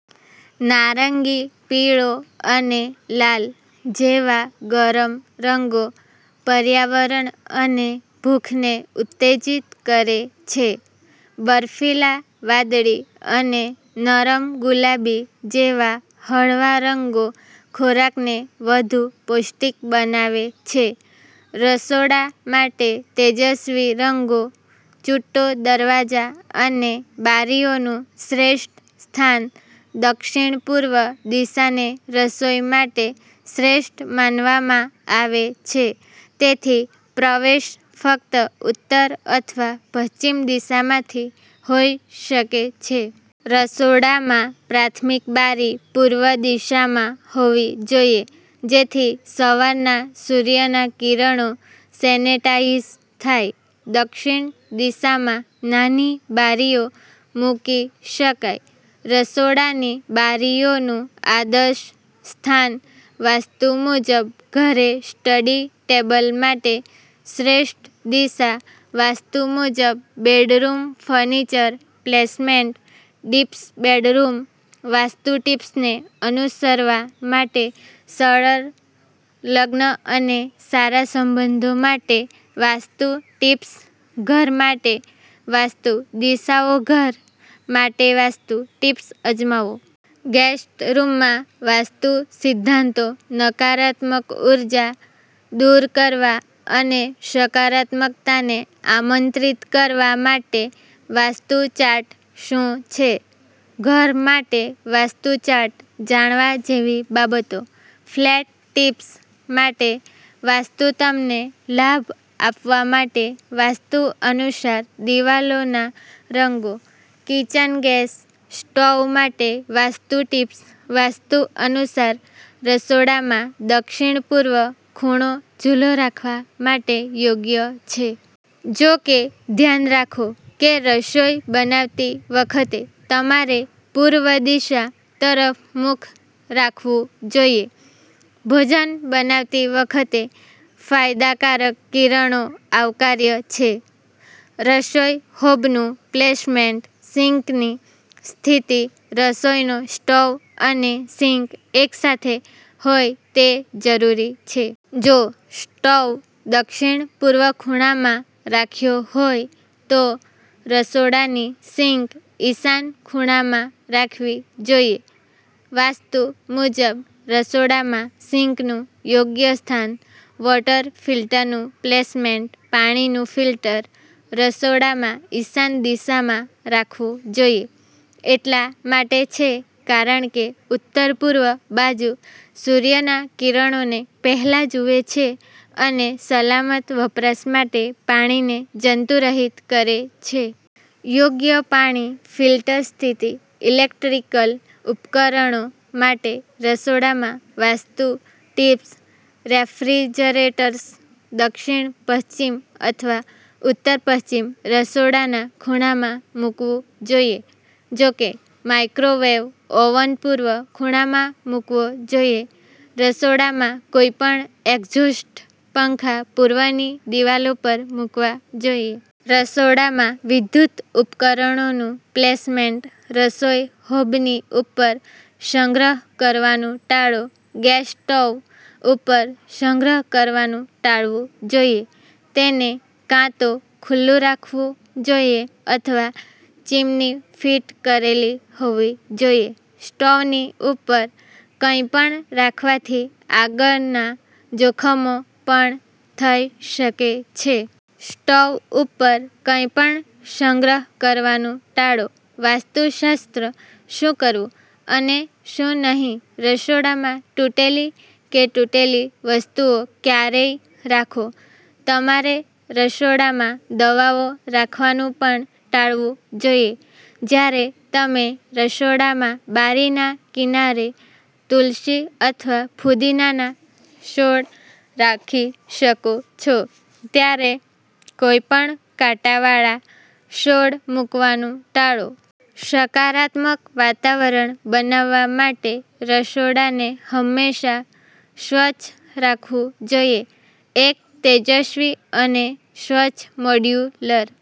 નારંગી, પીળો અને લાલ જેવા ગરમ રંગો પર્યાવરણ અને ભૂખને ઉત્તેજિત કરે છે. બરફીલા વાદળી અને નરમ ગુલાબી જેવા હળવા રંગો ખોરાકને વધુ પૌષ્ટિક બનાવે છે. રસોડા માટે તેજસ્વી રંગો ચૂંટો દરવાજા અને બારીઓનું શ્રેષ્ઠ સ્થાન દક્ષિણપૂર્વ દિશાને રસોઈ માટે શ્રેષ્ઠ માનવામાં આવે છે, તેથી પ્રવેશ ફક્ત ઉત્તર અથવા પશ્ચિમ દિશામાંથીહોઈ શકે છે. રસોડામાં પ્રાથમિક બારી પૂર્વ દિશામાં હોવી જોઈએ જેથી સવારના સૂર્યના કિરણો સેનિટાઈઝ થાય. દક્ષિણ દિશામાં નાની બારીઓ મૂકી શકાય. રસોડાની બારીઓનું આદર્શ સ્થાન વાસ્તુ મુજબ ઘરે સ્ટડી ટેબલ માટે શ્રેષ્ઠ દિશા, વાસ્તુ મુજબ bedroom furniture placement tips bedroom vastu ટિપ્સને અનુસરવા માટે સરળ, લગ્ન અને સારા સંબંધો માટે વાસ્તુ ટિપ્સ, ઘર માટે વાસ્તુ દિશાઓઘર માટેવાસ્તુ ટિપ્સ અજમાવો!, ગેસ્ટ રૂમના વાસ્તુ સિદ્ધાંતો નકારાત્મક ઉર્જા દૂર કરવા અને સકારાત્મકતાને આમંત્રિત કરવા માટે, વાસ્તુ ચાર્ટ શું છે? ઘર માટે વાસ્તુ ચાર્ટ. જાણવા જેવી બાબતો., ફ્લેટ ટિપ્સ માટે વાસ્તુતમને લાભ આપવા માટે, વાસ્તુ અનુસાર દિવાલોના રંગો, કિચન ગેસ સ્ટોવ માટે વાસ્તુ ટિપ્સ વાસ્તુ અનુસાર રસોડામાં દક્ષિણ-પૂર્વ ખૂણો ચૂલો રાખવા માટે યોગ્ય છે. જો કે, ધ્યાન રાખો કે રસોઈ બનાવતી વખતે તમારે પૂર્વ દિશા તરફ મુખ રાખવું જોઈએ. ભોજન બનાવતી વખતે ફાયદાકારક કિરણો આવકાર્ય છે. રસોઈ હોબનું પ્લેસમેન્ટ સિંકની સ્થિતિ રસોઈનો સ્ટવ અને સિંક એકસાથેહોય તે જરૂરી છે. જો સ્ટવ દક્ષિણ-પૂર્વ ખૂણામાં રાખ્યો હોય તો રસોડાની સિંક ઈશાન ખૂણામાં રાખવી જોઈએ. વાસ્તુ મુજબ રસોડામાં સિંકનું યોગ્ય સ્થાન વોટર ફિલ્ટરનું પ્લેસમેન્ટ પાણીનું ફિલ્ટર રસોડામાં ઈશાન દિશામાં રાખવું જોઈએ. એટલા માટે છે કારણ કે ઉત્તરપૂર્વ બાજુ સૂર્યના કિરણોને પહેલા જુએ છે અને સલામત વપરાશ માટે પાણીને જંતુરહિત કરે છે. યોગ્ય પાણી ફિલ્ટર સ્થિતિ ઇલેક્ટ્રિકલ ઉપકરણો માટે રસોડામાં વાસ્તુ ટિપ્સ રેફ્રિજરેટર્સ દક્ષિણ-પશ્ચિમ અથવા ઉત્તર-પશ્ચિમ રસોડાના ખૂણામાં મૂકવું જોઈએ. જોકે, માઇક્રોવેવ ઓવન પૂર્વ ખૂણામાં મૂકવો જોઈએ. રસોડામાં કોઈપણ એક્ઝોસ્ટ પંખા પૂર્વની દિવાલો પર મૂકવા જોઈએ. રસોડામાં વિદ્યુત ઉપકરણોનું પ્લેસમેન્ટ રસોઈ હોબની ઉપર સંગ્રહ કરવાનું ટાળો ગેસ સ્ટોવ ઉપર સંગ્રહ કરવાનું ટાળવું જોઈએ. તેને કાં તો ખુલ્લું રાખવું જોઈએ અથવા ચીમની ફીટ કરેલી હોવી જોઈએ. સ્ટોવની ઉપર કંઈપણ રાખવાથી આગના જોખમો પણ થઈ શકે છે. સ્ટોવ ઉપર કંઈપણ સંગ્રહ કરવાનું ટાળો વાસ્તુશાસ્ત્ર શું કરવું અને શું નહીં રસોડામાં તૂટેલી કે તૂટેલી વસ્તુઓ ક્યારેયરાખો. તમારે રસોડામાં દવાઓ રાખવાનું પણ ટાળવું જોઈએ. જ્યારે તમે રસોડામાં બારીના કિનારે તુલસી અથવા પુદીનાના છોડ રાખી શકો છો, ત્યારે કોઈપણ કાંટાવાળા છોડ મૂકવાનું ટાળો. સકારાત્મક વાતાવરણ બનાવવા માટે રસોડાને હંમેશા સ્વચ્છ રાખવું જોઈએ. એક તેજસ્વી અને સ્વચ્છ મોડ્યુલર